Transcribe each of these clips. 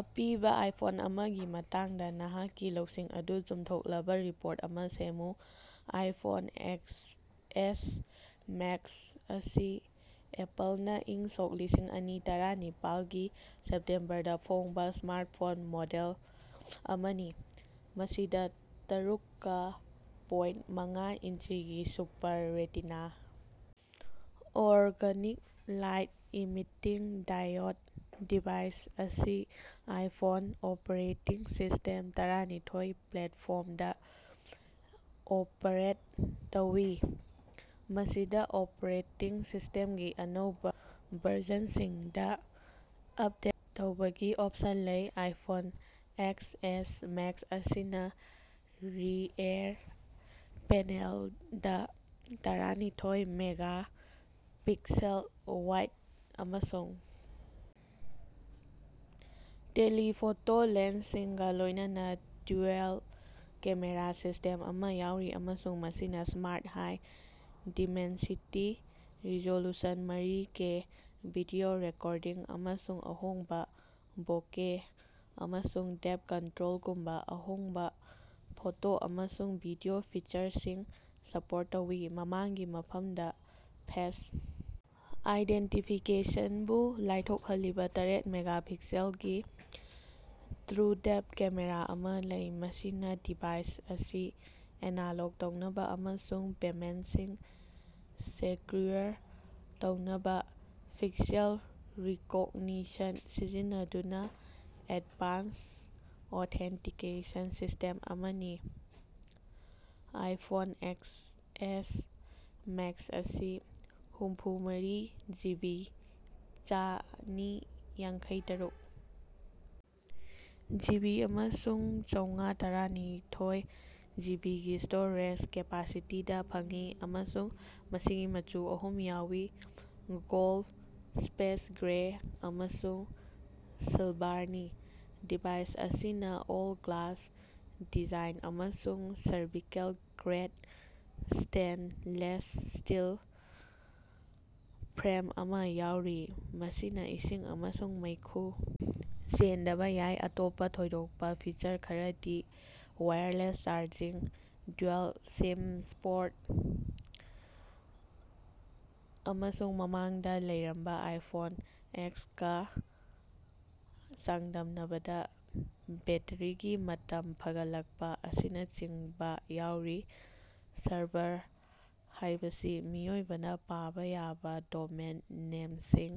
ꯑꯄꯤꯕꯥ ꯑꯥꯏꯐꯣꯟ ꯑꯃꯒꯤ ꯃꯇꯥꯡꯗꯥ ꯅꯍꯥꯛꯀꯤ ꯂꯧꯁꯤꯡ ꯑꯗꯨ ꯆꯨꯝꯊꯣꯛꯂꯕꯥ ꯔꯤꯄꯣꯔꯠ ꯑꯃꯥ ꯁꯦꯝꯃꯨ꯫ ꯑꯥꯏꯐꯣꯟ ꯑꯦꯛꯁꯑꯦꯁ ꯃꯦꯛꯁ ꯑꯁꯤ ꯑꯦꯄꯜꯅꯥ ꯏꯪ ꯁꯣꯛ ꯂꯤꯁꯤꯡ ꯑꯅꯤ ꯇꯔꯥꯅꯤꯄꯥꯜꯒꯤ ꯁꯦꯞꯇꯦꯝꯕꯔꯗꯥ ꯐꯣꯡꯕꯥ ꯁ꯭ꯃꯥꯔꯠꯐꯣꯟ ꯃꯣꯗꯦꯜ ꯑꯃꯅꯤ, ꯃꯁꯤꯗꯥ ꯇꯔꯨꯛꯀꯥ ꯄꯣꯏꯟꯠ ꯃꯉꯥ ꯏꯟꯆꯤꯒꯤ super retina organic light emitting diode device ꯑꯁꯤ ꯑꯥꯏꯐꯣꯟ ꯑꯣꯄꯦꯔꯦꯇꯤꯡ ꯁꯤꯁꯇꯦꯝ ꯇꯔꯥꯅꯤꯊꯣꯏ ꯄ꯭ꯂꯦꯠꯐꯣꯝꯗꯥ ꯑꯣꯄꯔꯦꯠ ꯇꯧꯏ, ꯃꯁꯤꯗꯥ ꯑꯣꯄꯔꯦꯇꯤꯡ ꯁꯤꯁ꯭ꯇꯦꯝꯒꯤ ꯑꯅꯧꯕꯥ ꯚꯔꯖꯟꯁꯤꯡꯗꯥ ꯑꯞꯗꯦꯠ ꯇꯧꯕꯒꯤ ꯑꯣꯞꯁꯟ ꯂꯩ꯫ ꯑꯥꯏꯐꯣꯟ ꯑꯦꯛꯁꯑꯦꯁ ꯃꯦꯛꯁ ꯑꯁꯤꯅꯥ ꯔꯤꯑꯦꯔ ꯄꯦꯅꯦꯜꯗꯥ ꯇꯔꯥꯅꯤꯊꯣꯏ ꯃꯦꯒꯥ ꯄꯤꯛꯁꯦꯜ ꯋꯥꯏꯗ ꯑꯃꯁꯨꯡ ꯇꯦꯂꯤꯐꯣꯇꯣ ꯂꯦꯟꯁꯁꯤꯡꯒꯥ ꯂꯣꯏꯅꯅꯥ ꯗ꯭ꯌꯨꯑꯦꯜ-ꯀꯦꯃꯦꯔꯥ ꯁꯤꯁ꯭ꯇꯦꯝ ꯑꯃꯥ ꯌꯥꯎꯔꯤ ꯑꯃꯁꯨꯡ ꯃꯁꯤꯅꯥ ꯁ꯭ꯃꯥꯔꯠ ꯍꯥꯏ ꯗꯤꯃꯦꯟꯁꯤꯇꯤ ꯔꯤꯖꯣꯂꯨꯁꯟ, ꯃꯔꯤ ꯀꯦ ꯚꯤꯗꯤꯑꯣ ꯔꯦꯀꯣꯔꯗꯤꯡ ꯑꯃꯁꯨꯡ ꯑꯍꯣꯡꯕꯥ ꯕꯣꯀꯦ ꯑꯃꯁꯨꯡ ꯗꯦꯞ ꯀꯟꯇ꯭ꯔꯣꯜꯒꯨꯝꯕꯥ ꯑꯍꯣꯡꯕꯥ ꯐꯣꯇꯣ ꯑꯃꯁꯨꯡ ꯚꯤꯗꯤꯑꯣ ꯐꯤꯆꯔꯁꯤꯡ ꯁꯥꯄꯣꯔꯠ ꯇꯧꯏ꯫ ꯃꯃꯥꯡꯒꯤ ꯃꯐꯝꯗꯥ, ꯐꯦꯁ ꯑꯥꯏꯗꯦꯟꯇꯤꯐꯤꯀꯦꯁꯟꯕꯨ ꯂꯥꯏꯊꯣꯛꯍꯜꯂꯤꯕꯥ ꯇꯥꯔꯦꯠ ꯃꯦꯒꯥ ꯄꯤꯛꯁꯦꯜꯒꯤ ꯇ꯭ꯔꯨꯗꯦꯞ ꯀꯦꯃꯦꯔꯥ ꯑꯃꯥ ꯂꯩ ꯃꯁꯤꯅꯥ ꯗꯤꯚꯥꯏꯁ ꯑꯁꯤ ꯑꯅꯥꯂꯣꯛ ꯇꯧꯅꯕꯥ ꯑꯃꯁꯨꯡ ꯄꯦꯃꯦꯟꯁꯤꯡ ꯁꯦꯀ꯭ꯌꯨꯔ ꯇꯧꯅꯕꯥ ꯐꯦꯁꯤꯑꯦꯜ ꯔꯤꯀꯣꯛꯅꯤꯁꯟ ꯁꯤꯖꯤꯟꯅꯗꯨꯅꯥ ꯑꯦꯠꯚꯥꯟꯁ ꯑꯣꯊꯦꯟꯇꯤꯀꯦꯁꯟ ꯁꯤꯁꯇꯦꯝ ꯑꯃꯅꯤ꯫ ꯑꯥꯏꯐꯣꯟ ꯑꯦꯛꯁꯑꯦꯁ ꯃꯦꯛꯁ ꯑꯁꯤ ꯍꯨꯝꯐꯨꯃꯔꯤ ꯖꯤꯕꯤ, ꯆꯥꯅꯤ ꯌꯥꯡꯈꯩꯇꯥꯔꯨꯛ ꯖꯤꯕꯤ ꯑꯃꯁꯨꯡ ꯆꯧꯉꯥ ꯇꯔꯥꯅꯤꯊꯣꯏ ꯖꯤꯕꯤꯒꯤ ꯁ꯭ꯇꯣꯔꯦꯖ ꯀꯦꯄꯥꯁꯤꯇꯤꯗꯥ ꯐꯪꯏ ꯑꯃꯁꯨꯡ ꯃꯁꯤꯒꯤ ꯃꯆꯨ ꯑꯍꯨꯝ ꯌꯥꯎꯔꯤ: ꯒꯣꯜꯗ, ꯁ꯭ꯄꯦꯁ ꯒ꯭ꯔꯦ ꯑꯃꯁꯨꯡ ꯁꯤꯜꯚꯥꯔꯅꯤ꯫ ꯗꯤꯚꯥꯏꯁ ꯑꯁꯤꯅꯥ ꯑꯣꯜ-ꯒ꯭ꯂꯥꯁ ꯗꯤꯖꯥꯏꯟ ꯑꯃꯁꯨꯡ ꯁꯔꯖꯤꯀꯦꯜ-ꯒ꯭ꯔꯦꯠ ꯁ꯭ꯇꯦꯟꯂꯦꯁ ꯁ꯭ꯇꯤꯜ ꯐ꯭ꯔꯦꯝ ꯑꯃꯥ ꯌꯥꯎꯔꯤ, ꯃꯁꯤꯅꯥ ꯏꯁꯤꯡ ꯑꯃꯁꯨꯡ ꯃꯩꯈꯨ ꯆꯦꯟꯗꯕꯥ ꯌꯥꯏ꯫ ꯑꯇꯣꯞꯄꯥ ꯊꯣꯏꯗꯣꯛꯄꯥ ꯐꯤꯆꯔ ꯈꯔꯗꯤ ꯋꯥꯏꯌꯔꯂꯦꯁ ꯆꯥꯔꯖꯤꯡ, ꯗ꯭ꯌꯨꯑꯦꯜ-ꯁꯤꯝ ꯁꯄꯣꯠ ꯑꯃꯁꯨꯡ ꯃꯃꯥꯡꯗꯥ ꯂꯩꯔꯝꯕꯥ ꯑꯥꯏꯐꯣꯟ ꯑꯦꯛꯁꯀꯥ ꯆꯥꯡꯗꯝꯅꯕꯗꯥ ꯕꯦꯠꯇꯔꯤꯒꯤ ꯃꯇꯝ ꯐꯒꯠꯂꯛꯄꯥ ꯑꯁꯤꯅꯆꯤꯡꯕꯥ ꯌꯥꯎꯔꯤ꯫ ꯁꯔꯚꯔ ꯍꯥꯏꯕꯁꯤ ꯃꯤꯑꯣꯏꯕꯅꯥ ꯄꯥꯕꯥ ꯌꯥꯕꯥ ꯗꯣꯃꯦꯟ ꯅꯦꯝꯁꯤꯡ,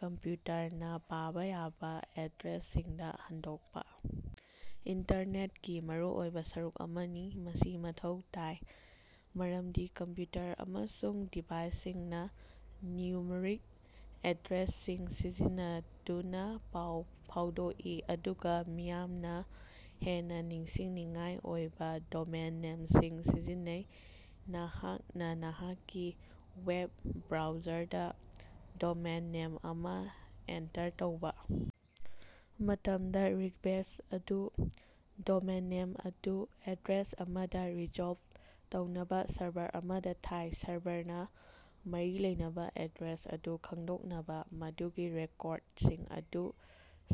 ꯀꯝꯄ꯭ꯌꯨꯇꯔꯅꯥ ꯄꯥꯕꯥ ꯌꯥꯕꯥ ꯑꯦꯗ꯭ꯔꯦꯁꯁꯤꯡꯗꯥ ꯍꯟꯗꯣꯛꯄꯥ ꯏꯟꯇꯔꯅꯦꯠꯀꯤ ꯃꯔꯨꯑꯣꯏꯕꯥ ꯁꯔꯨꯛ ꯑꯃꯅꯤ꯫ ꯃꯁꯤ ꯃꯊꯧ ꯇꯥꯏ ꯃꯔꯝꯗꯤ ꯀꯝꯄ꯭ꯌꯨꯇꯔ ꯑꯃꯁꯨꯡ ꯗꯤꯚꯥꯏꯁꯁꯤꯡꯅꯥ ꯅ꯭ꯌꯨꯃꯔꯤꯛ ꯑꯦꯗ꯭ꯔꯦꯁꯁꯤꯡ ꯁꯤꯖꯤꯟꯅꯗꯨꯅꯥ ꯄꯥꯎ ꯐꯥꯎꯗꯣꯛꯏ, ꯑꯗꯨꯒꯥ ꯃꯤꯌꯥꯝꯅꯥ ꯍꯦꯟꯅꯥ ꯅꯤꯡꯁꯤꯡꯅꯤꯡꯉꯥꯏ ꯑꯣꯏꯕꯥ ꯗꯣꯃꯦꯟ ꯅꯦꯝꯁꯤꯡ ꯁꯤꯖꯤꯟꯅꯩ꯫ ꯅꯍꯥꯛꯅꯥ ꯅꯍꯥꯛꯀꯤ ꯋꯦꯞ ꯕ꯭ꯔꯥꯎꯖꯔꯗꯥ ꯗꯣꯃꯦꯟ ꯅꯦꯝ ꯑꯃꯥ ꯑꯦꯟꯇꯔ ꯇꯧꯕꯥ ꯃꯇꯝꯗꯥ, ꯔꯤꯛꯕꯦꯁ ꯑꯗꯨ ꯗꯣꯃꯦꯟ ꯅꯦꯝ ꯑꯗꯨ ꯑꯦꯗ꯭ꯔꯦꯁ ꯑꯃꯗꯥ ꯔꯤꯖꯣꯜꯕ ꯇꯧꯅꯕꯥ ꯁꯔꯚꯔ ꯑꯃꯗꯥ ꯊꯥꯏ꯫ ꯁꯔꯚꯔꯅꯥ ꯃꯔꯤ ꯂꯩꯅꯕꯥ ꯑꯦꯗ꯭ꯔꯦꯁ ꯑꯗꯨ ꯈꯪꯗꯣꯛꯅꯕꯥ ꯃꯗꯨꯒꯤ ꯔꯦꯀꯣꯔꯗꯁꯤꯡ ꯑꯗꯨ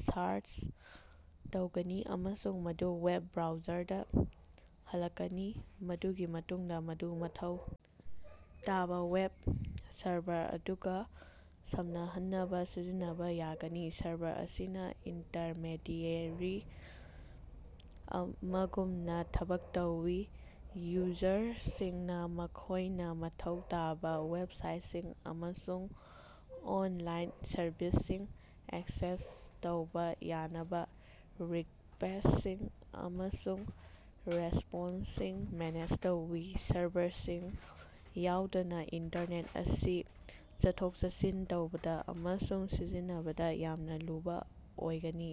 ꯁꯥꯔꯆ ꯇꯧꯒꯅꯤ ꯑꯃꯁꯨꯡ ꯃꯗꯨ ꯋꯦꯕ ꯕ꯭ꯔꯥꯎꯖꯔꯗꯥ ꯍꯜꯂꯛꯀꯅꯤ, ꯃꯗꯨꯒꯤ ꯃꯇꯨꯡꯗꯥ ꯃꯗꯨ ꯃꯊꯧ ꯇꯥꯕꯥ ꯋꯦꯕ ꯁꯔꯚꯔ ꯑꯗꯨꯒꯥ ꯁꯝꯅꯍꯟꯅꯕꯥ ꯁꯤꯖꯤꯟꯅꯕꯥ ꯌꯥꯒꯅꯤ꯫ ꯁꯔꯚꯔ ꯑꯁꯤꯅꯥ ꯏꯟꯇꯔꯃꯦꯗꯤꯑꯦꯔꯤ ꯑꯃꯒꯨꯝꯅꯥ ꯊꯕꯛ ꯇꯧꯏ, ꯌꯨꯖꯔꯁꯤꯡꯅꯥ ꯃꯈꯣꯏꯅꯥ ꯃꯊꯧ ꯇꯥꯕꯥ ꯋꯦꯞꯁꯥꯏꯠꯁꯤꯡ ꯑꯃꯁꯨꯡ ꯑꯣꯟꯂꯥꯏꯟ ꯁꯔꯚꯤꯁꯁꯤꯡ ꯑꯦꯛꯁꯦꯁ ꯇꯧꯕꯥ ꯌꯥꯅꯕꯥ ꯔꯤꯛꯕꯦꯁꯁꯤꯡ ꯑꯃꯁꯨꯡ ꯔꯦꯁꯄꯣꯟꯁꯁꯤꯡ ꯃꯦꯅꯦꯖ ꯇꯧꯏ꯫ ꯁꯔꯚꯔꯁꯤꯡ ꯌꯥꯎꯗꯅꯥ ꯏꯟꯇꯔꯅꯦꯠ ꯑꯁꯤ ꯆꯠꯊꯣꯛ-ꯆꯠꯁꯤꯟ ꯇꯧꯕꯗꯥ ꯑꯃꯁꯨꯡ ꯁꯤꯖꯤꯟꯅꯕꯗꯥ ꯌꯥꯝꯅꯥ ꯂꯨꯕꯥ ꯑꯣꯏꯒꯅꯤ꯫